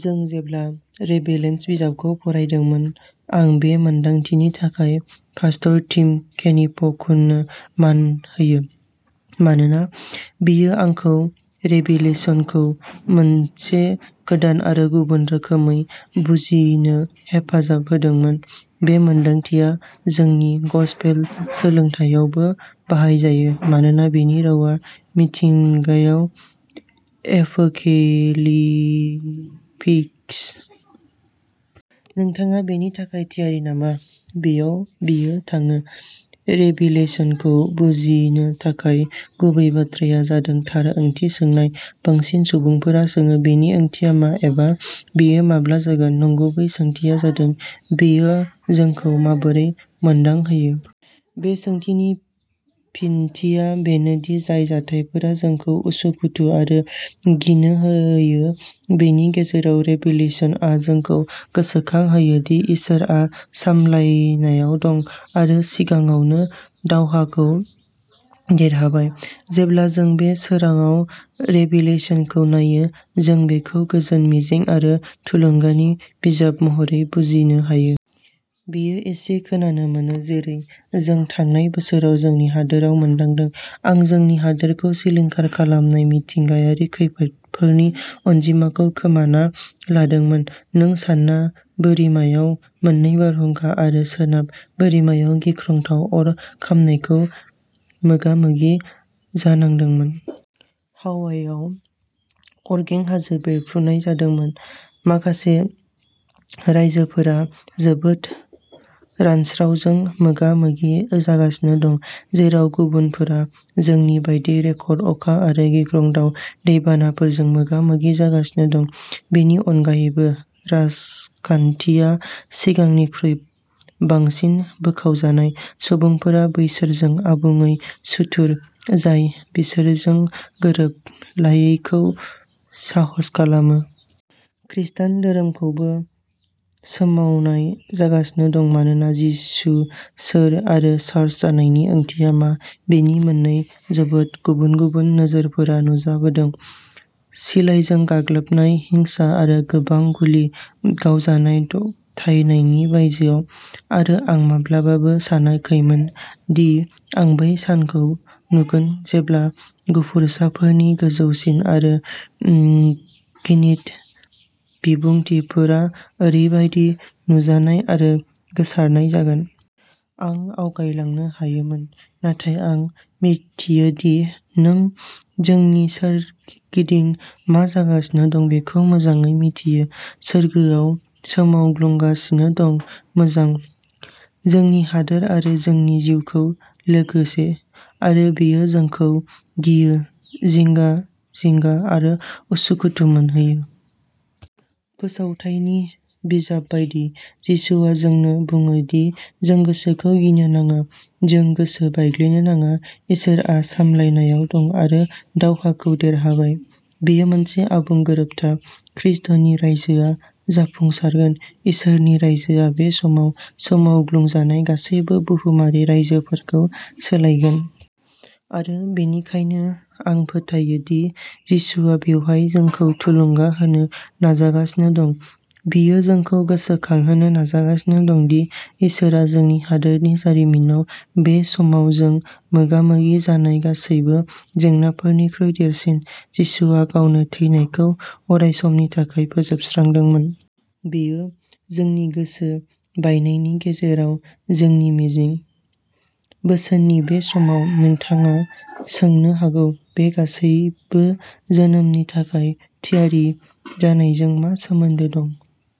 जों जेब्ला रेभिलेनस बिजाबखौ फरायदोंमोन। आं बे मोनदांथिनि थाखाय पास्टर टिम केनिफ-कुननो मान होयो मानोना बेयो आंखौ रेभिलेशनखौ मोनसे गोदान आरो गुबुन रोखोमै बुजिनो हेफाजाब होदोंमोन। बे मोनदांथिया जोंनि गसपेल सोलोंथायावबो बाहायजायो, मानोना बेनि रावा मिथिंगायाव एपोकेलिपिकस नोंथाङा बेनि थाखाय थियारि नामा? बेयाव बेयो थाङोः रेभिलेशनखौ बुजिनो थाखाय गुबै बाथ्राया जादों थार सोंथि सोंनाय। बांसिन सुबुंफोरा सोङो "बेनि ओंथिया मा?" एबा "बेयो माब्ला जागोन?" नंगुबै सोंथिया जादों "बेयो जोंखौ माबोरै मोनदांहोयो?" बे सोंथिनि फिनथिया बेनो दि जाय जाथायफोरा जोंखौ उसुखुथु आरो गिनो होयो, बेनि गेजेराव रेभिलेशनआ जोंखौ गोसोखांहोयो दि इसोरआ सामलायनायाव दं आरो सिगाङावनो दावहाखौ देरहाबाय। जेब्ला जों बे सोरांआव रेभिलेशनखौ नायो, जों बेखौ गोजोन, मिजिं आरो थुलुंगानि बिजाब महरै बुजिनो हायो। बेयो एसे खोनानो मोनो। जेरै जों थांनाय बोसोराव जोंनि हादोराव मोन्दांदों। आं जोंनि हादोरखौ सिलिंखार खालामनाय मिथिंगायारि खैफोदफोरनि अनजिमाखौ खोमाना लादोंमोन। जों सानजा बोरिमायाव मोननै बारहुंखा आरो सोनाब बोरिमायाव गिख्रंथाव अर खामनायखौ मोगा-मोगि जानांदोंमोन। हावाइआव अरगें हाजो बेरफ्रुनाय जादोंमोन। माखासे रायजोफोरा जोबोद रानस्रावजों मोगा-मोगि जागासिनो दं, जेराव गुबुनफोरा, जोंनि बायदि, रेकर्ड अखा आरो गिख्रंथाव दैबानाफोरजों मोगा-मोगि जागासिनो दं। बेनि अनगायैबो, राजखान्थिया सिगांनिख्रुइ बांसिन बोखावजानाय। सुबुंफोरा बैसोरजों आबुङै सुथुर जाय बिसोरजों गोरोबलायैखौ साहस खालामो। खृष्टान धोरोमखौबो सोमावनाय जागासिनो दं मानोना जिसु सोर आरो चार्च जानायनि ओंथिया मा बेनि मोननै जोबोद गुबुन-गुबुन नोजोरफोरा नुजाबोदों। सिलाइजों गाग्लोबनाय हिंसा आरो गोबां गुलि गावजानाय दबथायनायनि बायजोआव। आरो आं माब्लाबाबो सानाखैमोनदि आं बै सानखौ नुगोन जेब्ला गुफुरसाफोरनि गोजौसिन आरो घृणित बिबुंथिफोरा ओरैबादि नुजानाय आरो गोसारनाय जागोन। आं आवगायलांनो हायोमोन, नाथाय आं मिथियो दि नों जोंनि सोरगिदिं मा जागासिनो दं बेखौ मोजाङै मिथियो। सोरगोआ सोमावग्लुंगासिनो दं, मोजां, जोंनि हादोर आरो जोंनि जिउजों लोगोसे। आरो बेयो जोंखौ गियो, जिंगा-जिंगा आरो उसुखुथु मोनहोयो। फोसावथायनि बिजाब बायदि, जिसुआ जोंनो बुङो दि जों गोसोखौ गिनो नाङा। जों गोसो बायग्लिनो नाङा। इसोरआ सामलायनायाव दं आरो दावहाखौ देरहाबाय। बेयो मोनसे आबुं गोरोबथा। खृष्टनि रायजोआ जाफुंसारगोन। इसोरनि रायजोआ बे समाव सोमावग्लुंजानाय गासैबो बुहुमारि रायजोफोरखौ सोलायगोन। आरो बेनिखायनो आं फोथायो दि जिसुआ बेवहाय जोंखौ थुलुंगा होनो नाजागासिनो दं। बियो जोंखौ गोसोखांहोनो नाजागासिनो दं दि इसोरआ जोंनि हादोरनि जारिमिनाव बे समाव जों मोगा-मोगि जानाय गासैबो जेंनाफोरनिख्रुइ देरसिन। जिसुआ, गावनो थैनायखौ अरायसमनि थाखाय फोजोबस्रांदोंमोन। बेयो जोंनि गोसो बायनायनि गेजेराव जोंनि मिजिं। बोसोननि बे समाव, नोंथाङा सोंनो हागौ "बे गासैबो जोनोमनि थाखाय थियारि जानायजों मा सोमोन्दो दं?